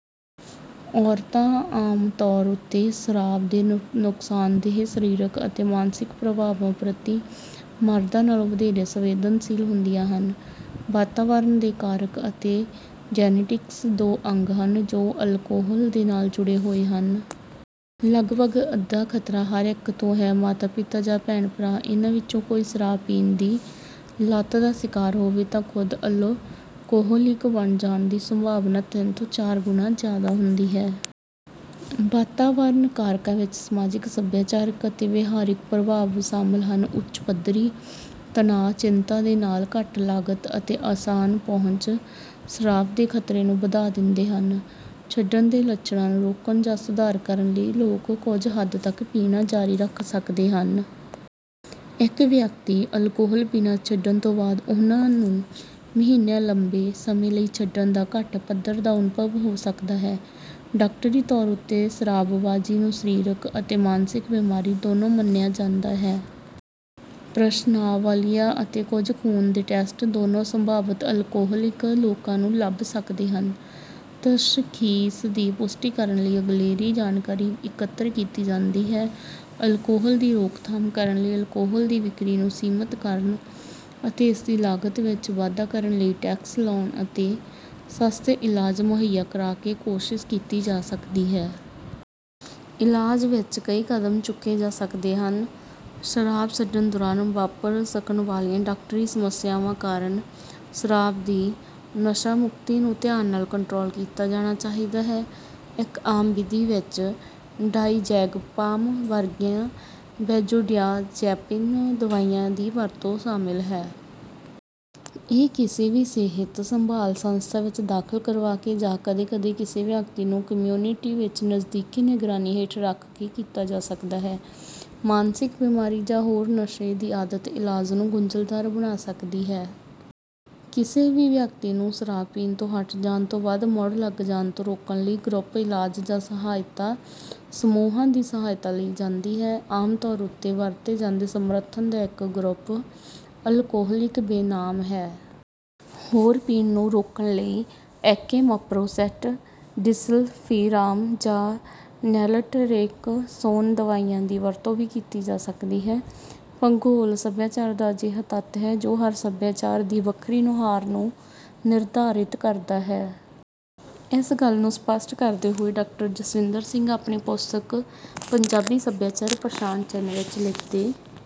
ਔਰਤਾਂ ਆਮ ਤੌਰ ਉੱਤੇ ਸ਼ਰਾਬ ਦੇ ਨੁਕਸਾਨਦੇਹ ਸ਼ਰੀਰਕ ਅਤੇ ਮਾਨਸਿਕ ਪ੍ਰਭਾਵਾਂ ਪ੍ਰਤੀ ਮਰਦਾਂ ਨਾਲੋਂ ਵਧੇਰੇ ਸੰਵੇਦਨਸ਼ੀਲ ਹੁੰਦੀਆਂ ਹਨ। ਵਾਤਾਵਰਣ ਦੇ ਕਾਰਕ ਅਤੇ ਜੈਨੇਟਿਕਸ ਦੋ ਅੰਗ ਹਨ ਜੋ ਅਲਕੋਹਲ ਦੇ ਨਾਲ ਜੁੜੇ ਹੋਏ ਹਨ। ਲੱਗਭੱਗ ਅੱਧਾ ਖਤਰਾ ਹਰ ਇੱਕ ਤੋਂ ਹੈ। ਮਾਤਾ ਪਿਤਾ ਜਾਂ ਭੈਣ ਜਾਂ ਭਰਾ ਇਨ੍ਹਾਂ ਵਿੱਚੋਂ ਕੋਈ ਸ਼ਰਾਬ ਪੀਣ ਦੀ ਲਤ ਦਾ ਸ਼ਿਕਾਰ ਹੋਵੇ ਤਾਂ ਖੁਦ ਅਲਕੋਹਲਿਕ ਬਣ ਜਾਣ ਦੀ ਸੰਭਾਵਨਾ ਤਿੰਨ ਤੋਂ ਚਾਰ ਗੁਣਾ ਜ਼ਿਆਦਾ ਹੁੰਦੀ ਹੈ। ਵਾਤਾਵਰਨ ਕਾਰਕਾਂ ਵਿੱਚ ਸਮਾਜਿਕ, ਸੱਭਿਆਚਾਰਕ ਅਤੇ ਵਿਹਾਰਕ ਪ੍ਰਭਾਵ ਸ਼ਾਮਲ ਹਨ। ਉੱਚ ਪੱਧਰੀ ਤਣਾਅ, ਚਿੰਤਾ, ਦੇ ਨਾਲ ਘੱਟ ਲਾਗਤ ਅਤੇ ਆਸਾਨ ਪਹੁੰਚ ਸ਼ਰਾਬ ਦੇ ਖਤਰੇ ਨੂੰ ਵਧਾ ਦਿੰਦੇ ਹਨ। ਛੱਡਣ ਦੇ ਲੱਛਣਾਂ ਨੂੰ ਰੋਕਣ ਜਾਂ ਸੁਧਾਰ ਕਰਨ ਲਈ ਲੋਕ ਕੁਝ ਹੱਦ ਤੱਕ ਪੀਣਾ ਜਾਰੀ ਰੱਖ ਸਕਦੇ ਹਨ। ਇੱਕ ਵਿਅਕਤੀ ਅਲਕੋਹਲ ਪੀਣਾ ਛੱਡਣ ਤੋਂ ਬਾਅਦ, ਉਹਨਾਂ ਨੂੰ ਮਹੀਨਿਆਂ ਲੰਬੇ ਸਮੇਂ ਲਈ ਛੱਡਣ ਦਾ ਘੱਟ ਪੱਧਰ ਦਾ ਅਨੁਭਵ ਹੋ ਸਕਦਾ ਹੈ। ਡਾਕਟਰੀ ਤੌਰ ਉੱਤੇ ਸ਼ਰਾਬਬਾਜ਼ੀ ਨੂੰ ਸਰੀਰਕ ਅਤੇ ਮਾਨਸਿਕ ਬਿਮਾਰੀ ਦੋਨੋਂ ਮੰਨਿਆ ਜਾਂਦਾ ਹੈ। ਪ੍ਰਸ਼ਨਾਵਲੀਆਂ ਅਤੇ ਕੁਝ ਖੂਨ ਦੇ ਟੈਸਟ ਦੋਨੋਂ ਸੰਭਾਵਤ ਅਲਕੋਹਲਿਕ ਲੋਕਾਂ ਨੂੰ ਲੱਭ ਸਕਦੇ ਹਨ। ਤਸ਼ਖ਼ੀਸ ਦੀ ਪੁਸ਼ਟੀ ਕਰਨ ਲਈ ਅਗਲੇਰੀ ਜਾਣਕਾਰੀ ਇਕੱਤਰ ਕੀਤੀ ਜਾਂਦੀ ਹੈ। ਅਲਕੋਹਲ ਦੀ ਰੋਕਥਾਮ ਕਰਨ ਲਈ ਅਲਕੋਹਲ ਦੀ ਵਿਕਰੀ ਨੂੰ ਸੀਮਿਤ ਕਰਨ ਅਤੇ ਇਸਦੀ ਲਾਗਤ ਵਿੱਚ ਵਾਧਾ ਕਰਨ ਲਈ ਟੈਕਸ ਲਾਉਣ ਅਤੇ ਸਸਤੇ ਇਲਾਜ ਮੁਹੱਈਆ ਕਰਾ ਕੇ ਕੋਸ਼ਿਸ਼ ਕੀਤੀ ਜਾ ਸਕਦੀ ਹੈ। ਇਲਾਜ ਵਿੱਚ ਕਈ ਕਦਮ ਚੁੱਕੇ ਜਾ ਸਕਦੇ ਹਨ। ਸ਼ਰਾਬ ਛੱਡਣ ਦੌਰਾਨ ਵਾਪਰ ਸਕਣ ਵਾਲੀਆਂ ਡਾਕਟਰੀ ਸਮੱਸਿਆਵਾਂ ਕਾਰਨ, ਸ਼ਰਾਬ ਦੀ ਨਸ਼ਾਮੁਕਤੀ ਨੂੰ ਧਿਆਨ ਨਾਲ ਕੰਟਰੋਲ ਕੀਤਾ ਜਾਣਾ ਚਾਹੀਦਾ ਹੈ। ਇੱਕ ਆਮ ਵਿਧੀ ਵਿੱਚ ਡਾਇਜ਼ੈਗਪਾਮ ਵਰਗੀਆਂ ਬੈਂਜੋਡਿਆਜ਼ੇਪਿਨ ਦਵਾਈਆਂ ਦੀ ਵਰਤੋਂ ਸ਼ਾਮਲ ਹੈ। ਇਹ ਕਿਸੇ ਵੀ ਸਿਹਤ ਸੰਭਾਲ ਸੰਸਥਾ ਵਿੱਚ ਦਾਖਲ ਕਰਵਾ ਕੇ ਜਾਂ ਕਦੇ-ਕਦੇ ਕਿਸੇ ਵਿਅਕਤੀ ਨੂੰ ਕਮਿਊਨਿਟੀ ਵਿੱਚ ਨਜ਼ਦੀਕੀ ਨਿਗਰਾਨੀ ਹੇਠ ਰੱਖ ਕੇ ਕੀਤਾ ਜਾ ਸਕਦਾ ਹੈ। ਮਾਨਸਿਕ ਬਿਮਾਰੀ ਜਾਂ ਹੋਰ ਨਸ਼ੇ ਦੀ ਆਦਤ ਇਲਾਜ ਨੂੰ ਗੁੰਝਲਦਾਰ ਬਣਾ ਸਕਦੀ ਹੈ। ਕਿਸੇ ਵੀ ਵਿਅਕਤੀ ਨੂੰ ਸ਼ਰਾਬ ਪੀਣ ਤੋਂ ਹੱਟ ਜਾਣ ਤੋਂ ਬਾਅਦ ਮੁੜ ਲੱਗ ਜਾਣ ਤੋਂ ਰੋਕਣ ਲਈ ਗਰੁੱਪ ਇਲਾਜ ਜਾਂ ਸਹਾਇਤਾ ਸਮੂਹਾਂ ਦੀ ਸਹਾਇਤਾ ਲਈ ਜਾਂਦੀ ਹੈ। ਆਮ ਤੌਰ ਉੱਤੇ ਵਰਤੇ ਜਾਂਦੇ ਸਮਰਥਨ ਦਾ ਇੱਕ ਗਰੁੱਪ ਅਲਕੋਹਲਿਕ ਬੇਨਾਮ ਹੈ। ਹੋਰ ਪੀਣ ਨੂੰ ਰੋਕਣ ਲਈ ਐਕੈਮਪਰੋਸੈਟ, ਡਿਸਲਫ਼ੀਰਾਮ, ਜਾਂ ਨੈਲਟਰੇਕਸੋਨ ਦਵਾਈਆਂ ਦੀ ਵਰਤੋਂ ਵੀ ਕੀਤੀ ਜਾ ਸਕਦੀ ਹੈ। ਭੂਗੋਲ ਸਭਿਆਚਾਰ ਦਾ ਅਜਿਹਾ ਤੱਤ ਹੈ, ਜੋ ਹਰ ਸਭਿਆਚਾਰ ਦੀ ਵੱਖਰੀ ਨੁਹਾਰ ਨੂੰ ਨਿਰਧਾਰਿਤ ਕਰਦਾ ਹੈ। ਇਸ ਗੱਲ ਨੂੰ ਸਪਸ਼ਟ ਕਰਦੇ ਹੋਏ ਡਾਕਟਰ ਜਸਵਿੰਦਰ ਸਿੰਘ ਆਪਣੀ ਪੁਸਤਕ ਪੰਜਾਬੀ ਸਭਿਆਚਾਰ ਪਛਾਣ ਚਿੰਨ੍ਹ ਵਿੱਚ ਲਿਖਦੇ